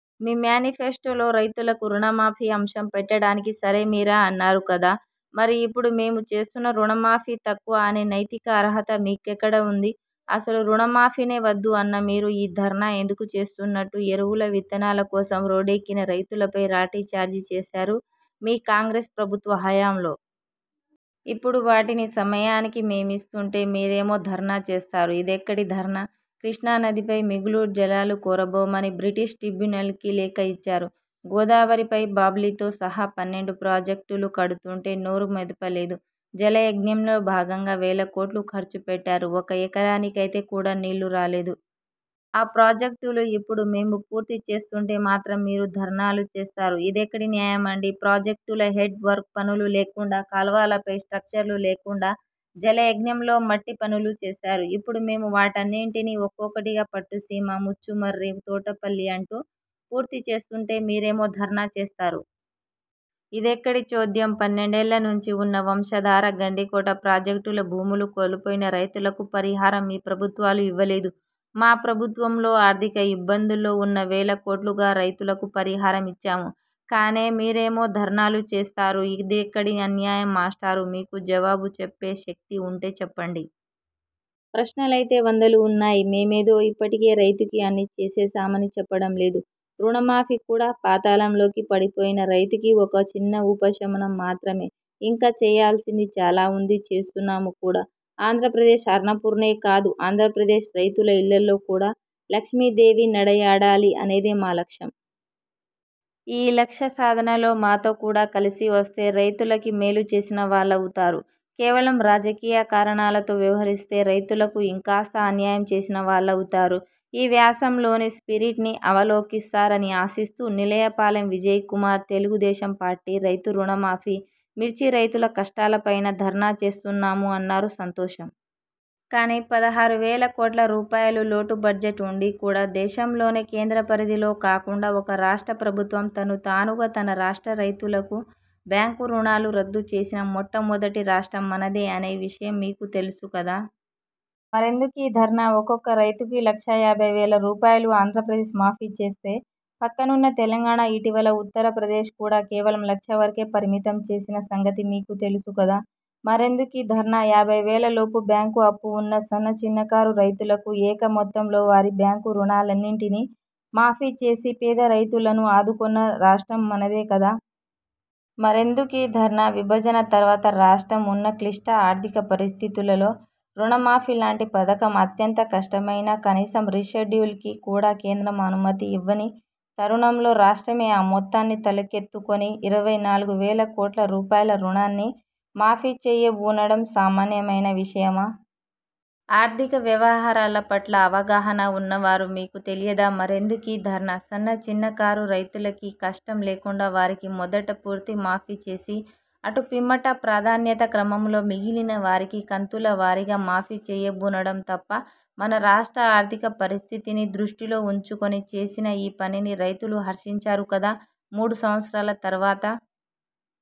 మీ మ్యానిఫెస్టోలో రైతులకి రుణమాఫీ అంశం పెట్టడానికి ససేమిరా అన్నారు కదా? మరి ఇప్పుడు మేము చేస్తున్న రుణమాఫీ తక్కువ అనే నైతిక అర్హత మీకెక్కడ వుంది? ఆసలు రుణమాఫీనే వద్దు అన్న మీరు, ఈ ధర్నా ఎందుకు చేస్తున్నట్టు? ఎరువుల, విత్తనాల కోసం రోడ్దేక్కిన రైతులపై లాఠీ చార్జీ చేసారు, మీ కాంగ్రెస్ ప్రభుత్వ హయాంలో. ఇప్పుడు వాటిని సమయానికి మేమిస్తుంటే, మీరేమో ధర్నా చేస్తారు. ఇదెక్కడి ధర్నా? కృష్ణా నదిపై మిగులు జలాలు కోరబోమని బ్రిజేష్ ట్రిబ్యునల్కి లేఖ ఇచ్చారు. గోదావరిపై బాబ్లీతో సహా పన్నెండు ప్రాజెక్టులు కడుతుంటే నోరు మెదపలేదు. జలయజ్ఞంలో భాగంగా వేల కోట్లు ఖర్చు పెట్టారు. ఒక ఎకరానికైతే కూడా నీళ్ళు రాలేదు. ఆ ప్రాజెక్టులు ఇప్పుడు మేము పూర్తి చేస్తుంటే మాత్రం మీరు ధర్నాలు చేస్తారు. ఇదెక్కడి న్యాయం అండీ? ప్రాజెక్టుల హెడ్ వర్క్ పనులు లేకుండా, కాల్వలపై స్ట్రక్చర్లు లేకుండా జలయజ్ఞంలో మట్టి పనులు చేసారు. ఇప్పుడు మేము వాటన్నింటినీ ఒక్కొకటిగా, పట్టుసీమ, ముచ్చుమర్రి, తోటపల్లి, అంటూ పూర్తి చేస్తుంటే, మీరేమో ధర్నా చేస్తారు. ఇదెక్కడి చోద్యం? పన్నెండేళ్ళ నుంచీ వున్న, వంశధార, గండికోట ప్రాజెక్టుల భూములు కోల్పోయిన రైతులకు పరిహారం మీ ప్రభుత్వాలు ఇవ్వలేదు. మా ప్రభుత్వంలో ఆర్థిక ఇబ్బందుల్లో వున్నా, వేల కోట్లుగా, రైతులకి పరిహారం ఇచ్చాము. కానే మీరేమో ధర్నాలు చేస్తారు! ఇదెక్కడి అన్యాయం మాస్టారు? మీకు జవాబు చెప్పే శక్తి వుంటే చెప్పండి. ప్రశ్నలైతే వందలు వున్నాయి. మేమేదో ఇప్పటికే రైతుకి అన్నీ చేసేసామని చెప్పటం లేదు. రుణమాఫీ కూడా, పాతాళంలోకి పడిపోయిన రైతుకి ఒక చిన్న ఉపశమనం మాత్రమే. ఇంకా చేయాల్సింది చాలా వుంది. చేస్తున్నాము కూడా. ఆంధ్రప్రదేశ్ అన్నపూర్ణే కాదు, ఆంధ్రప్రదేశ్ రైతుల ఇళ్ళల్లో కూడా లక్ష్మీదేవి నడయాడాలి అనేదే మా లక్ష్యం. ఈ లక్ష్యసాధనలో మాతో కూడా కలిసి వస్తే రైతులకి మేలు చేసిన వాళ్ళవుతారు. కేవలం రాజకీయ కారణాలతో వ్యవహరిస్తే రైతులకు ఇంకాస్త అన్యాయం చేసిన వాళ్ళవుతారు. ఈ వ్యాసంలోని 'స్పిరిట్'ని అవలోకిస్తారని ఆశిస్తూ నీలయపాలెం విజయ్ కుమార్ తెలుగు దేశం పార్టీ రైతు రుణమాఫీ, మిర్చి రైతుల కష్టాల పైనా ధర్నా చేస్తున్నాము అన్నారు, సంతోషం. కానీ పదహారు వేల కోట్ల రూపాయలు లోటు బడ్జెట్ వుండి కూడా, దేశంలోనే, కేంద్ర పరిధిలో కాకుండా, ఒక రాష్ట్ర ప్రభుత్వం తను తానుగా, తన రాష్ట్ర రైతులకు బ్యాంకు రుణాలు రద్దు చేసిన మొట్టమొదటి రాష్ట్రం మనదే అనే విషయం మీకు తెలుసు కదా! మరెందుకీ ధర్నా? ఒక్కొక్క రైతుకు లక్ష యాభై వేల రూపాయలు ఆంధ్రప్రదేశ్ మాఫీ చేస్తే, పక్కనున్న తెలంగాణ, ఇటీవల ఉత్తరప్రదేశ్ కూడా, కేవలం లక్ష వరకే పరిమితం చేసిన సంగతి మీకు తెలుసు కదా? మరెందుకీ ధర్నా? యాభైవేల లోపు బ్యాంకు అప్పు వున్న సన్న, చిన్నకారు, రైతులకు ఏక మొత్తంలో వారి బ్యాంకు రుణాలన్నింటినీ మాఫీ చేసి పేద రైతులను ఆదుకొన్న రాష్ట్రం మనదే కదా? మరెందుకీ ధర్నా? విభజన తర్వాత రాష్ట్రం వున్న క్లిష్ట ఆర్థిక పరిస్థితులలో, రుణమాఫీ లాంటి పథకం అత్యంత కష్టమైనా, కనీసం రీషెడ్యూల్కి కూడా కేంద్రం అనుమతి ఇవ్వని తరుణంలో, రాష్ట్రమే ఆ మొత్తాన్ని తలకెత్తుకొని ఇరవై నాలుగు వేల కోట్ల రూపాయల రుణాన్ని మాఫీ చేయబూనడం సామాన్యమైన విషయమా? ఆర్థిక వ్యవహారాల పట్ల అవగాహన వున్నవారు, మీకు తెలియదా? మరెందుకీ ధర్నా? సన్న చిన్న కారు రైతులకి కష్టం లేకుండా వారికి మొదట పూర్తి మాఫీ చేసి, అటు పిమ్మట, ప్రాధాన్యతా క్రమంలో మిగిలిన వారికి కంతుల వారీగా మాఫీ చేయబూనడం తప్పా? మన రాష్ట్ర ఆర్థిక పరిస్థితిని దృష్టిలో వుంచుకొని చేసిన ఈ పనిని రైతులు హర్షించారు కదా! మూడు సంవత్సరాల తర్వాత